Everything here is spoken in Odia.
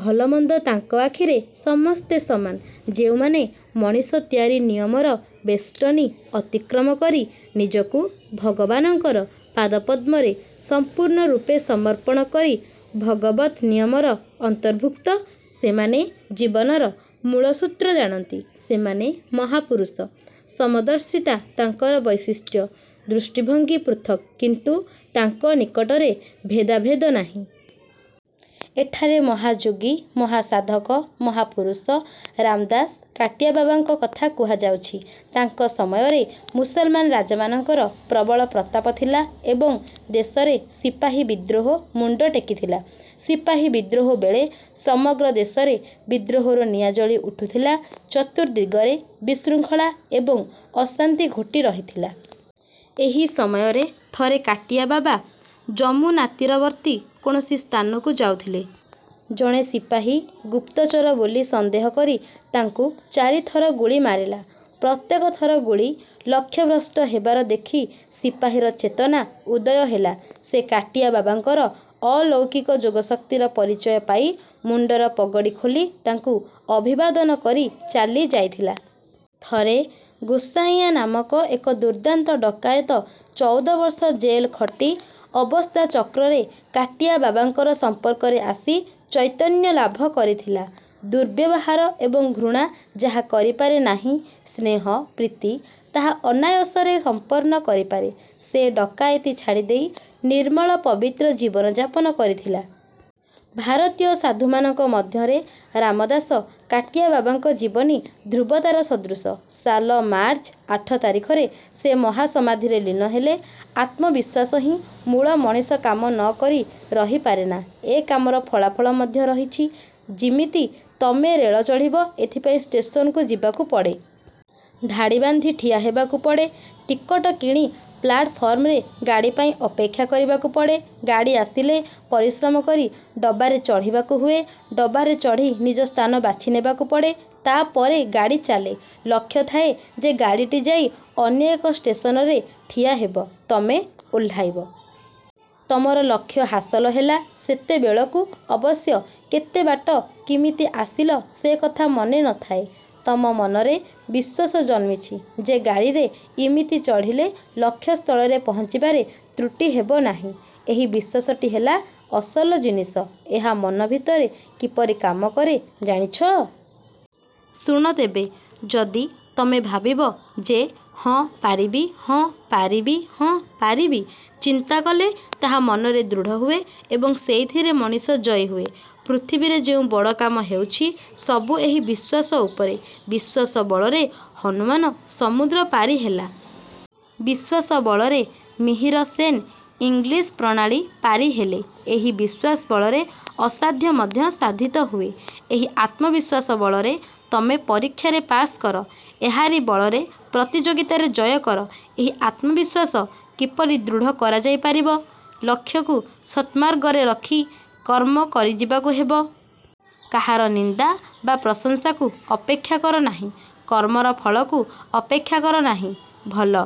ଭଲ-ମନ୍ଦ ତାଙ୍କ ଆଖିରେ ସମସ୍ତେ ସମାନ। ଯେଉଁମାନେ ମଣିଷ ତିଆରି ନିୟମର ବେଷ୍ଟନୀ ଅତିକ୍ରମ କରି, ନିଜକୁ ଭଗବାନଙ୍କର ପାଦପଦ୍ମରେ ସଂପୂର୍ଣ୍ଣରୂପେ ସମର୍ପଣ କରି ଭଗବତ୍ ନିୟମର ଅନ୍ତର୍ଭୁକ୍ତ, ସେମାନେ ଜୀବନର ମୂଳସୂତ୍ର ଜାଣନ୍ତି। ସେମାନେ ମହାପୁରୁଷ। ସମଦର୍ଶିତା ତାଙ୍କର ବୈଶିଷ୍ଟ୍ୟ। ଦୃଷ୍ଟିଭଙ୍ଗୀ ପୃଥକ୍-କିନ୍ତୁ ତାଙ୍କ ନିକଟରେ ଭେଦାଭେଦ ନାହିଁ। ଏଠାରେ ମହାଯୋଗୀ, ମହାସାଧକ, ମହାପୁରୁଷ ରାମଦାସ-କାଟିଆବାବାଙ୍କ କଥା କୁହାଯାଉଛି। ତାଙ୍କ ସମୟରେ ମୁସଲମାନ ରାଜାମାନଙ୍କର ପ୍ରବଳ ପ୍ରତାପ ଥିଲା ଏବଂ ଦେଶରେ ସିପାହୀ ବିଦ୍ରୋହ ମୁଣ୍ଡ ଟେକିଥିଲା। ସିପାହୀ-ବିଦ୍ରୋହ ବେଳେ ସମଗ୍ର ଦେଶରେ ବିଦ୍ରୋହର ନିଆଁ ଜଳି ଉଠୁଥିଲା। ଚତୁର୍ଦ୍ଦିଗରେ ବିଶୃଙ୍ଖଳା ଏବଂ ଅଶାନ୍ତି ଘୋଟି ରହିଥିଲା। ଏହି ସମୟରେ ଥରେ କାଟିଆବାବା ଯମୁନାତୀରବର୍ତ୍ତୀ କୌଣସି ସ୍ଥାନକୁ ଯାଉଥିଲେ। ଜଣେ ସିପାହୀ ଗୁପ୍ତଚର ବୋଲି ସନ୍ଦେହ କରି ତାଙ୍କୁ ଚାରିଥର ଗୁଳି ମାରିଲା। ପ୍ରତ୍ୟେକ ଥର ଗୁଳି ଲକ୍ଷ୍ୟଭ୍ରଷ୍ଟ ହେବାର ଦେଖି ସିପାହୀର ଚେତନା-ଉଦୟ ହେଲା। ସେ କାଟିଆବାବାଙ୍କର ଅଲୌକିକ ଯୋଗଶକ୍ତିର ପରିଚୟ ପାଇ ମୁଣ୍ଡର ପଗଡ଼ି ଖୋଲି ତାଙ୍କୁ ଅଭିବାଦନ କରି ଚାଲି ଯାଇଥିଲା। ଥରେ ଗୋସାଇଁଆ ନାମକ ଏକ ଦୁର୍ଦ୍ଦାନ୍ତ ଡକାଏତ ଚଉଦ ବର୍ଷ ଜେଲ ଖଟି ଅବସ୍ଥାଚକ୍ରରେ କାଟିଆବାବାଙ୍କର ସମ୍ପର୍କରେ ଆସି ଚୈତନ୍ୟ ଲାଭ କରିଥିଲା। ଦୁର୍ବ୍ୟବହାର ଏବଂ ଘୃଣା ଯାହା କରିପାରେ ନାହିଁ, ସ୍ନେହ-ପ୍ରୀତି ତାହା ଅନାୟାସରେ ସମ୍ପନ୍ନ କରିପାରେ। ସେ ଡକାଏତି ଛାଡ଼ିଦେଇ ନିର୍ମଳ ପବିତ୍ର ଜୀବନ ଯାପନ କରିଥିଲା। ଭାରତୀୟ ସାଧୁମାନଙ୍କ ମଧ୍ୟରେ ରାମଦାସ-କାଟିଆବାବାଙ୍କ ଜୀବନୀ ଧ୍ରୁବତାରା ସଦୃଶ-। ସାଲ ମାର୍ଚ୍ଚ ଆଠ ତାରିଖରେ ସେ ମହାସମାଧିରେ ଲୀନ ହେଲେ। ଆତ୍ମବିଶ୍ୱାସ ହିଁ ମୂଳ ମଣିଷ କାମ ନ କରି ରହିପାରେନା। ଏ କାମର ଫଳାଫଳ ମଧ୍ୟ ରହିଛି। ଯିମିତି ତମେ ରେଳ ଚଢ଼ିବ; ଏଥିପାଇଁ ଷ୍ଟେସନକୁ ଯିବାକୁ ପଡ଼େ। ଧାଡ଼ି ବାନ୍ଧି ଠିଆ ହେବାକୁ ପଡ଼େ। ଟିକଟ କିଣି ପ୍ଲାଟଫର୍ମରେ ଗାଡ଼ି ପାଇଁ ଅପେକ୍ଷା କରିବାକୁ ପଡ଼େ। ଗାଡ଼ି ଆସିଲେ ପରିଶ୍ରମକରି ଡବାରେ ଚଢ଼ିବାକୁ ହୁଏ ଡବାରେ ଚଢ଼ି ନିଜ ସ୍ଥାନ ବାଛି ନେବାକୁ ପଡ଼େ। ତା'ପରେ ଗାଡ଼ି ଚାଲେ। ଲକ୍ଷ୍ୟ ଥାଏ ଯେ ଗାଡ଼ିଟି ଯାଇ ଅନ୍ୟ ଏକ ଷ୍ଟେସନରେ ଠିଆ ହେବ, ତମେ ଓହ୍ଲାଇବ। ତମର ଲକ୍ଷ୍ୟ ହାସଲ ହେଲା। ସେତେବେଳକୁ ଅବଶ୍ୟ କେତେବାଟ କିମିତି ଆସିଲ ସେ କଥା ମନେ ନ ଥାଏ। ତମ ମନରେ ବିଶ୍ୱାସ ଜନ୍ମିଛି ଯେ ଗାଡ଼ିରେ ଇମିତି ଚଢ଼ିଲେ ଲକ୍ଷ୍ୟ ସ୍ଥଳରେ ପହଞ୍ଚିବାରେ ତ୍ରୁଟି ହେବନାହିଁ। ଏହି ବିଶ୍ୱାସଟି ହେଲା ଅସଲ ଜିନିଷ। ଏହା ମନ ଭିତରେ କିପରି କାମ କରେ, ଜାଣିଛ? ଶୁଣ ତେବେ। ଯଦି ତମେ ଭାବିବ ଯେ 'ହଁ ପାରିବି, ହଁ ପାରିବି, ହଁ ପାରିବି', ଚିନ୍ତା କଲେ ତାହା ମନରେ ଦୃଢ଼ ହୁଏ ଏବଂ ସେଇଥିରେ ମଣିଷ ଜୟୀ ହୁଏ। ପୃଥିବୀରେ ଯେଉଁ ବଡ଼ କାମ ହେଉଛି ସବୁ ଏହି ବିଶ୍ୱାସ ଉପରେ। ବିଶ୍ୱାସ ବଳରେ ହନୁମାନ ସମୁଦ୍ର ପାରିହେଲା। ବିଶ୍ୱାସ ବଳରେ ମିହିର ସେନ୍ ଇଂଲିଶ୍ ପ୍ରଣାଳୀ ପାରିହେଲେ। ଏହି ବିଶ୍ୱାସ ବଳରେ ଅସାଧ୍ୟ ମଧ୍ୟ ସାଧିତ ହୁଏ। ଏହି ଆତ୍ମବିଶ୍ୱାସ ବଳରେ ତମେ ପରୀକ୍ଷାରେ ପାସ୍ କର। ଏହାରି ବଳରେ ପ୍ରତିଯୋଗିତାରେ ଜୟ କର ଏହି ଆତ୍ମବିଶ୍ୱାସ କିପରି ଦୃଢ଼ କରାଯାଇପାରିବ? ଲକ୍ଷ୍ୟକୁ ସତ୍ମାର୍ଗରେ ରଖି କର୍ମ କରିଯିବାକୁ ହେବ। କାହାର ନିନ୍ଦା ବା ପ୍ରଶଂସାକୁ ଅପେକ୍ଷା କର ନାହିଁ। କର୍ମର ଫଳକୁ ଅପେକ୍ଷା କର ନାହିଁ। ଭଲ